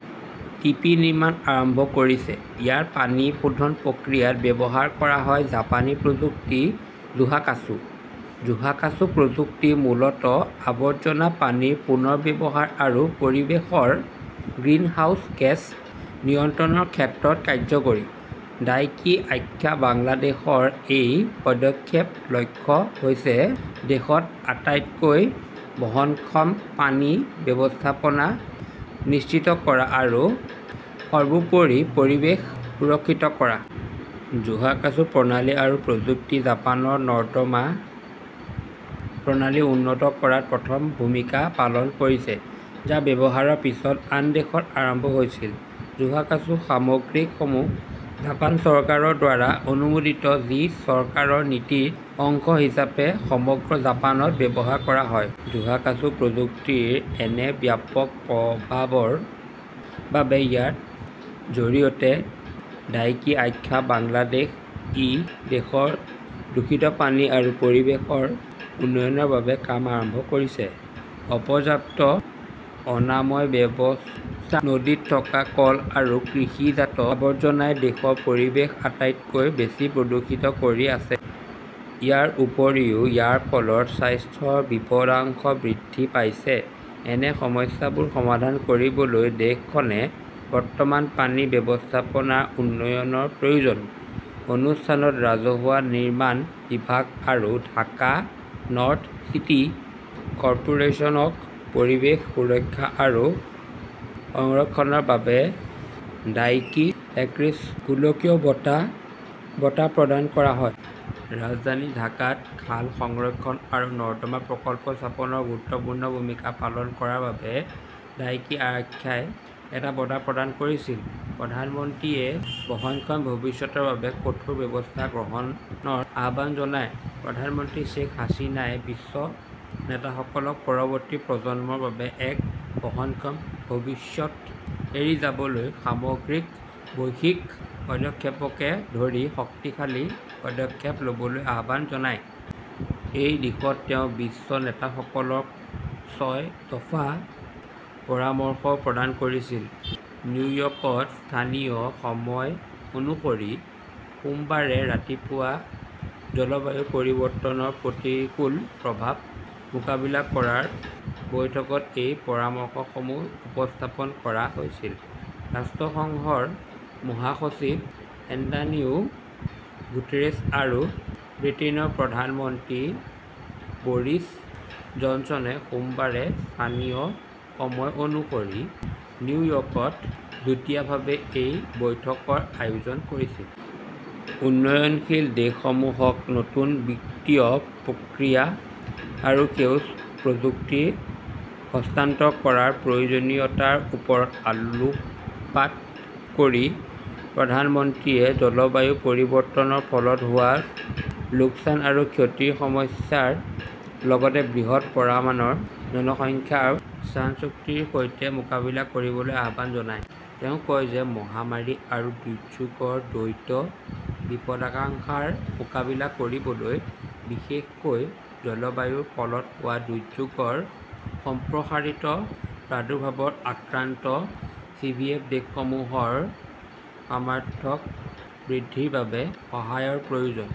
T. P. নিৰ্মাণ আৰম্ভ কৰিছে। ইয়াত পানী শোধন প্ৰক্ৰিয়াত ব্যৱহাৰ কৰা হয় জাপানী প্ৰযুক্তি-জোহাকাচু। জোহাকাচু প্ৰযুক্তি মূলতঃ আৱৰ্জনা পানীৰ পুনৰ্ব্যৱহাৰ আৰু পৰিৱেশৰ গ্ৰিনহাউজ গেছ নিয়ন্ত্ৰণৰ ক্ষেত্ৰত কাৰ্যকৰী। ডাইকি আক্ষা বাংলাদেশৰ এই পদক্ষেপ লক্ষ্য হৈছে দেশত আটাইতকৈ বহনক্ষম পানী ব্যৱস্থাপনা নিশ্চিত কৰা আৰু সৰ্বোপৰি পৰিৱেশ সুৰক্ষিত কৰা। জোহাকাচু প্ৰণালী আৰু প্ৰযুক্তি জাপানৰ নৰ্দমা প্ৰণালী উন্নত কৰাত প্ৰথম ভূমিকা পালন কৰিছে। যাৰ ব্যৱহাৰ পিছত আন দেশত আৰম্ভ হৈছিল। জোহাকাছুৰ সামগ্ৰীসমূহ জাপান চৰকাৰৰ দ্বাৰা অনুমোদিত যি চৰকাৰৰ নীতি অংশ হিচাপে সমগ্ৰ জাপানত ব্যৱহাৰ কৰা হয়। জোহাকাচু প্ৰযুক্তিৰ এনে ব্যাপক প্ৰভাৱৰ বাবে ইয়াত জৰিয়তে 'ডাইকি আক্ষা বাংলাদেশ' ই দেশৰ দূষিত পানী আৰু পৰিৱেশৰ উন্নয়নৰ বাবে কাম আৰম্ভ কৰিছে। অপৰ্যাপ্ত অনাময় ব্যৱস্থা, নদীত থকা কল আৰু কৃষিজাত আৱৰ্জনাই দেশৰ পৰিৱেশ আটাইতকৈ বেছি প্ৰদূষিত কৰি আছে। ইয়াৰ উপৰিও ইয়াৰ ফলত স্বাস্থ্যৰ বিপদাশংকা বৃদ্ধি পাইছে। এনে সমস্যাবোৰ সমাধান কৰিবলৈ দেশখনে বৰ্তমান পানী ব্যৱস্থাপনাৰ উন্নয়নৰ প্ৰয়োজন। অনুষ্ঠানত ৰাজহুৱা নিৰ্মাণ বিভাগ আৰু ঢাকা নৰ্থ চিটি কৰ্পোৰেচনক 'পৰিৱেশ সুৰক্ষা আৰু সংৰক্ষণৰ বাবে ডাইকি এক্সিছ গোলকীয় বঁটা ' বঁটা প্ৰদান কৰা হয়। ৰাজধানী ঢাকাত খাল সংৰক্ষণ আৰু নৰ্দমা প্ৰকল্প স্থাপনত গুৰুত্বপূৰ্ণ ভূমিকা পালন কৰাৰ বাবে ডাইকি আক্ষাই এটা বঁটা প্ৰদান কৰিছিল। প্ৰধানমন্ত্ৰীয়ে বহনক্ষম ভৱিষ্যতৰ বাবে কঠোৰ ব্যৱস্থা গ্ৰহণত আহ্বান জনায়। প্ৰধানমন্ত্ৰী শ্বেইখ হাছিনাই বিশ্ব নেতাসকলক পৰৱৰ্তী প্ৰজন্মৰ বাবে এক বহনক্ষম ভৱিষ্যত এৰি যাবলৈ 'সামগ্ৰিক বৈশ্বিক' পদক্ষেপকে ধৰি শক্তিশালী পদক্ষেপ ল'বলৈ আহ্বান জনায়। এই দিশত তেওঁ বিশ্ব নেতাসকলক ছয় দফা পৰামৰ্শ প্ৰদান কৰিছিল। নিউয়ৰ্কত স্থানীয় সময় অনুসৰি সোমবাৰে ৰাতিপুৱা জলবায়ু পৰিৱৰ্তনৰ প্ৰতিকূল প্ৰভাৱ মোকাবিলা কৰাৰ বৈঠকত এই পৰামৰ্শসমূহ উপস্থাপন কৰা হৈছিল। ৰাষ্ট্ৰসংঘৰ মহাসচিব এন্টানিও গুটেৰেছ আৰু ব্ৰিটেইনৰ প্ৰধানমন্ত্ৰী বৰিছ জনছনে সোমবাৰে স্থানীয় সময় অনুসৰি নিউয়ৰ্কত যুটীয়াভাৱে এই বৈঠকত আয়োজন কৰিছিল। উন্নয়নশীল দেশসমূহক নতুন বিত্তীয় প্ৰক্ৰিয়া আৰু সেউজ প্ৰযুক্তি হস্তান্তৰ কৰাৰ প্ৰয়োজনীয়তাৰ ওপৰত আলোকপাত কৰি প্ৰধানমন্ত্ৰীয়ে জলবায়ু পৰিৱৰ্তনৰ ফলত হোৱা লোকচান আৰু ক্ষতিৰ সমস্যাৰ লগতে বৃহৎ পৰামাণৰ জনসংখ্যাৰ স্থানচ্যুতিৰ সৈতে মোকাবিলা কৰিবলৈ আহ্বান জনায়। তেওঁ কয় যে মহামাৰী আৰু দুৰ্যোগৰ দ্বৈত বিপদাশংকাৰ মোকাবিলা কৰিবলৈ বিশেষকৈ জলবায়ুৰ ফলত হোৱা দুৰ্যোগৰ সম্প্ৰসাৰিত প্ৰাদুৰ্ভাৱত আক্ৰান্ত চিভিএফ দেশসমূহৰ সামাৰ্থ্যক বৃদ্ধিৰ বাবে সহায়ৰ প্ৰয়োজন।